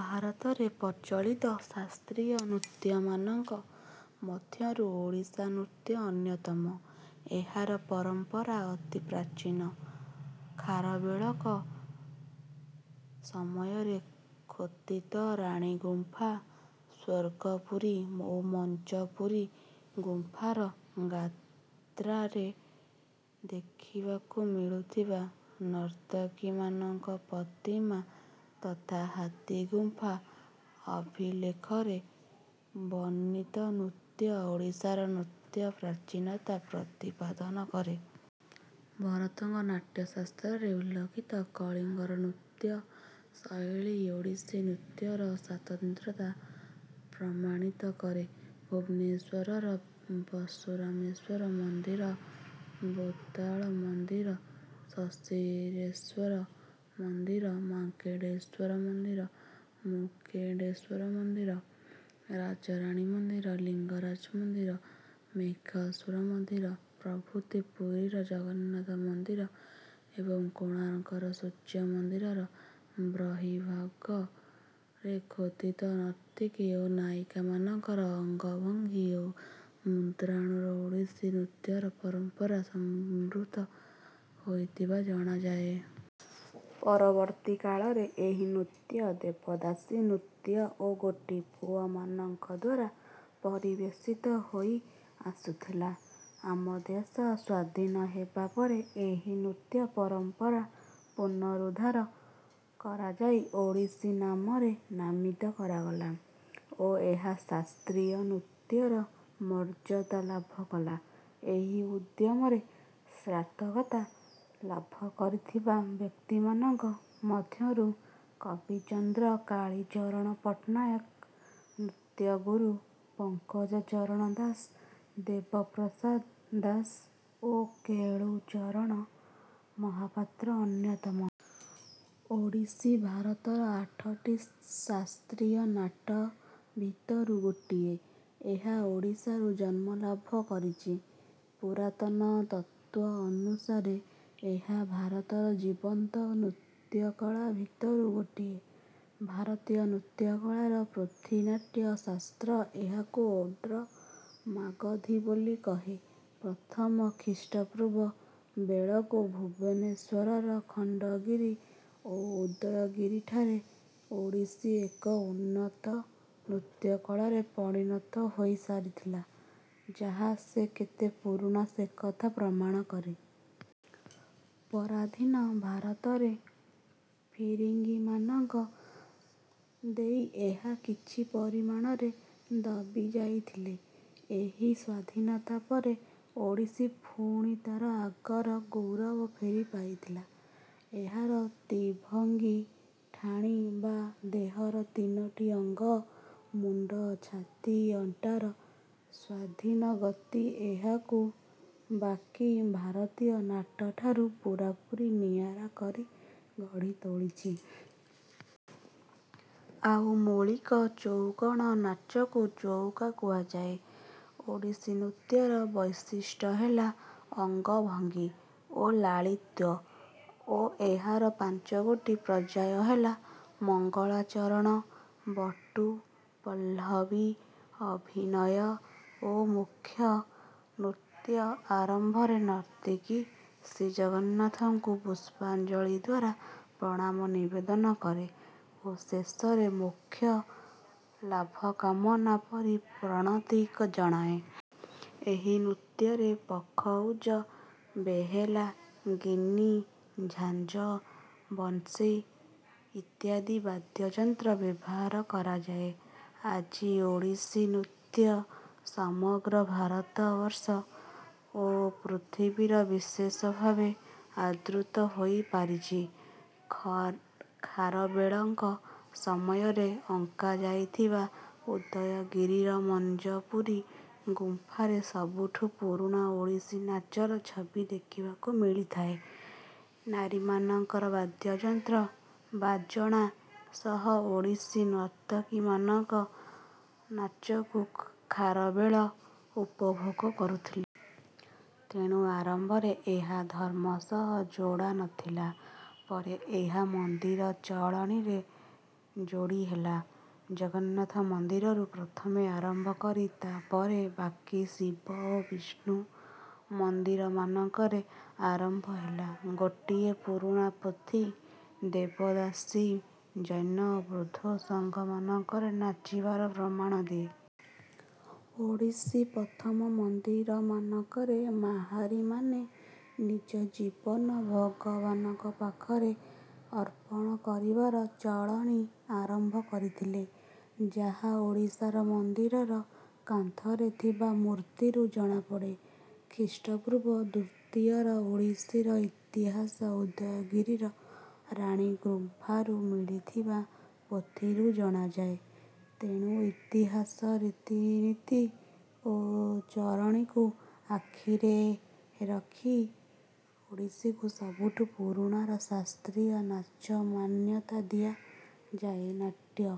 ଭାରତରେ ପ୍ରଚଳିତ ଶାସ୍ତ୍ରୀୟ ନୃତ୍ୟମାନଙ୍କ ମଧ୍ୟରୁ ଓଡ଼ିଶୀ ନୃତ୍ୟ ଅନ୍ୟତମ। ଏହାର ପରମ୍ପରା ଅତି ପ୍ରାଚୀନ। ଖାରବେଳଙ୍କ ସମୟରେ ଖୋତିତ ରାଣୀଗୁମ୍ଫା, ସ୍ୱର୍ଗପୁରୀ ଓ ମଞ୍ଚପୁରୀ ଗୁମ୍ଫାର ଗାତ୍ରରେ ଦେଖିବାକୁ ମିଳୁଥିବା ନର୍ତ୍ତକୀମାନଙ୍କର ପ୍ରତିମା ତଥା ହାତୀଗୁମ୍ଫା ଅଭିଲେଖରେ ବର୍ଣ୍ଣିତ ନୃତ୍ୟ ଓଡ଼ିସାର ନୃତ୍ୟର ପ୍ରାଚୀନତା ପ୍ରତିପାଦନ କରେ। ଭରତଙ୍କ ନାଟ୍ୟଶାସ୍ତ୍ରରେ ଉଲ୍ଲିଖିତ କଳିଙ୍ଗ ନୃତ୍ୟ ଶୈଳୀ ଓଡ଼ିଶୀ ନୃତ୍ୟର ସ୍ୱାତନ୍ତ୍ରତା ପ୍ରମାଣିତ କରେ। ଭୁବନେଶ୍ୱରର ପର୍ଶୁରାମେଶ୍ୱର ମନ୍ଦିର, ବୈତାଳ ମନ୍ଦିର, ଶଶିରେଶ୍ୱର ମନ୍ଦିର, ମାଙ୍କେଡେଶ୍ୱର ମନ୍ଦିର, ମୁକେଡ଼େଶ୍ୱର ମନ୍ଦିର, ରାଜରାଣୀ ମନ୍ଦିର, ଲିଙ୍ଗରାଜ ମନ୍ଦିର, ମେଘାଶ୍ୱର ମନ୍ଦିର ପ୍ରଭୃତି, ପୁରୀର ଜଗନ୍ନାଥ ମନ୍ଦିର ଏବଂ କୋଣାର୍କର ସୂର୍ଯ୍ୟମନ୍ଦିରର ବର୍ହିଭାଗରେ ଖୋଦିତ ନର୍ତ୍ତିକୀ ଓ ନାୟିକାମାନଙ୍କର ଅଙ୍ଗଭଙ୍ଗୀ ଓ ମୁଦ୍ରାଣିରୁ ଓଡ଼ିଶୀ ନୃତ୍ୟର ପରମ୍ପରା ସମୃଦ୍ଧ ହୋଇଥିବା ଜଣାଯାଏ। ପରବର୍ତ୍ତୀ କାଳରେ ଏହି ନୃତ୍ୟ ଦେବଦାସୀ ନୃତ୍ୟ ଓ ଗୋଟିପୁଅମାନଙ୍କଦ୍ୱାରା ପରିବେଷିତ ହୋଇ ଆସୁଥିଲା। ଆମଦେଶ ସ୍ୱାଧୀନ ହେବା ପରେ ଏହି ନୃତ୍ୟ ପରମ୍ପରା ପୁନରୁଦ୍ଧାର କରାଯାଇ ଓଡ଼ିଶୀ ନାମରେ ନାମିତ କରାଗଲା ଓ ଏହା ଶାସ୍ତ୍ରୀୟ ନୃତ୍ୟର ମର୍ଯ୍ୟାଦା ଲାଭ କଲା। ଏହି ଉଦ୍ୟମରେ ସାର୍ଥକତା ଲାଭକରିଥିବା ବ୍ୟକ୍ତିମାନକ ମଧ୍ୟରୁ କବିଚନ୍ଦ୍ର କାଳୀଚରଣ ପଟ୍ଟନାୟକ, ନୃତ୍ୟଗୁରୁ ପଙ୍କଜଚରଣ ଦାସ, ଦେବପ୍ରସାଦ ଦାସ ଓ କେଳୁଚରଣ ମହାପାତ୍ର ଅନ୍ୟତମ। ଓଡ଼ିଶୀ ଭାରତର ଆଠଟି ଶାସ୍ତ୍ରୀୟ ନାଟ ଭିତରୁ ଗୋଟିଏ। ଏହା ଓଡ଼ିଶାରୁ ଜନ୍ମ ଲାଭ କରିଛି। ପୁରାତନ ତତ୍ୱ ଅନୁସାରେ ଏହା ଭାରତର ଜୀବନ୍ତ ନୃତ୍ୟକଳା ଭିତରୁ ଗୋଟିଏ। ଭାରତୀୟ ନୃତ୍ୟକଳାର ପୋଥି ନାଟ୍ୟ ଶାସ୍ତ୍ର ଏହାକୁ ଓଡ୍ର ମାଗଧି ବୋଲି କହେ। ପ୍ରଥମ ଖ୍ରୀଷ୍ଟପୂର୍ବ ବେଳକୁ ଭୁବନେଶ୍ୱରର ଖଣ୍ଡଗିରି ଓ ଉଦୟଗିରିଠାରେ ଓଡ଼ିଶୀ ଏକ ଉନ୍ନତ ନୃତ୍ୟକଳାରେ ପରିଣତ ହୋଇସାରିଥିଲା ଯାହା ସେ କେତେ ପୁରୁଣା ସେକଥା ପ୍ରମାଣ କରେ। ପରାଧୀନ ଭାରତରେ ଫିରିଙ୍ଗିମାନଙ୍କ ଦେଇ ଏହା କିଛି ପରିମାଣରେ ଦବିଯାଇଥିଲେ ହେଁ ସ୍ୱାଧୀନତା ପରେ ଓଡ଼ିଶୀ ପୁଣି ତାର ଆଗର ଗୌରବ ଫେରିପାଇଥିଲା। ଏହାର ତ୍ରିଭଙ୍ଗୀ ଠାଣି ବା ଦେହର ତିନୋଟି ଅଙ୍ଗ ମୁଣ୍ଡ, ଛାତି ଓ ଅଣ୍ଟାର ସ୍ୱାଧୀନ ଗତି ଏହାକୁ ବାକି ଭାରତୀୟ ନାଟ ଠାରୁ ପୁରାପୁରି ନିଆରା କରି ଗଢ଼ିତୋଳିଛି। ଆଉ ମୌଳିକ ଚଉକୋଣ ନାଚକୁ ଚଉକା କୁହାଯାଏ। ଓଡ଼ିଶୀନୃତ୍ୟର ବୈଶିଷ୍ଟ ହେଲା ଅଙ୍ଗଭଙ୍ଗୀ ଓ ଲାଳିତ୍ୟ ଓ ଏହାର ପାଞ୍ଚଗୋଟି ପର୍ଯ୍ୟାୟ ହେଲା: ମଙ୍ଗଳାଚରଣ, ବଟୁ, ପଲ୍ଲବୀ, ଅଭିନୟ ଓ ମୋକ୍ଷ। ନୃତ୍ୟ ଆରମ୍ଭରେ ନର୍ତ୍ତକୀ ଶ୍ରୀଜଗନ୍ନାଥଙ୍କୁ ପୁଷ୍ପାଞ୍ଜଳୀଦ୍ୱାରା ପ୍ରଣାମ ନିବେଦନ କରେ ଓ ଶେଷରେ ମୋକ୍ଷ ଲାଭ କାମନା କରି ପ୍ରଣତି ଜଣାଏ। ଏହି ନୃତ୍ୟରେ ପଖଉଜ, ବେହେଲା, ଗିନି, ଝାଞ୍ଜ, ବଂଶୀ ଇତ୍ୟାଦି ବାଦ୍ୟଯନ୍ତ୍ର ବ୍ୟବହାର କରାଯାଏ। ଆଜି ଓଡ଼ିଶୀ ନୃତ୍ୟ ସମଗ୍ର ଭାରତ ବର୍ଷ ଓ ପୃଥିବୀରେ ବିଶେଷଭାବେ ଆଦୃତ ହୋଇପାରିଛି। ଖାରବେଳଙ୍କ ସମୟରେ ଅଙ୍କାଯାଇଥିବା ଉଦୟଗିରିର ମଞ୍ଚପୁରି ଗୁମ୍ଫାରେ ସବୁଠୁ ପୁରୁଣା ଓଡ଼ିଶୀ ନାଚର ଛବି ଦେଖିବାକୁ ମିଳିଥାଏ। ନାରୀମାନଙ୍କ ବାଦ୍ୟଯନ୍ତ୍ର ବାଜଣା ସହ ଓଡ଼ିଶୀ ନର୍ତ୍ତକୀମାନଙ୍କର ନାଚକୁ ଖାରବେଳ ଉପଭୋଗ କରୁଥିଲେ। ତେଣୁ ଆରମ୍ଭରେ ଏହା ଧର୍ମ ସହ ଯୋଡ଼ା ନଥିଲା, ପରେ ଏହା ମନ୍ଦିର ଚଳଣିରେ ଯୋଡ଼ିହେଲା। ଜଗନ୍ନାଥ ମନ୍ଦିରରୁ ପ୍ରଥମେ ଆରମ୍ଭ କରି ତା ପରେ ବାକି ଶିବ ଓ ବିଷ୍ନୁ ମନ୍ଦିରମାନଙ୍କରେ ଆରମ୍ଭ ହେଲା। ଗୋଟିଏ ପୁରୁଣା ପୋଥି ଦେବଦାସୀମାନେ ଜୈନ ଓ ବୌଦ୍ଧ ସଙ୍ଘମାନଙ୍କରେ ନାଚିବାର ପ୍ରମାଣ ଦିଏ। ଓଡ଼ିଶୀ, ପ୍ରଥମେ ମନ୍ଦିରମାନଙ୍କରେ ମାହାରି ମାନେ ନିଜ ଜୀବନ ଭଗବାନଙ୍କ ପାଖରେ ଅର୍ପଣ କରିବାର ଚଳଣି ଆରମ୍ଭ କରିଥିଲେ ଯାହା ଓଡ଼ିଶାର ମନ୍ଦିର କାନ୍ଥରେ ଥିବା ମୂର୍ତ୍ତୀରୁ ଜଣାପଡ଼େ। ଖ୍ରୀଷ୍ଟପୂର୍ବ ଦ୍ୱିତୀୟର ଓଡ଼ିଶୀର ଇତିହାସ ଉଦୟଗିରିର ରାଣୀଗୁମ୍ଫାରୁ ମିଳିଥିବା ପୋଥିରୁ ଜଣାଯାଏ। ତେଣୁ ଇତିହାସ, ରିତିନୀତି ଓ ଚଳଣିକୁ ଆଖିରେ ରଖି ଓଡ଼ିଶୀକୁ ସବୁଠୁ ପୁରୁଣା ଶାସ୍ତ୍ରୀୟ ନାଚର ମାନ୍ୟତା ଦିଆଯାଏ। ନାଟ୍ୟ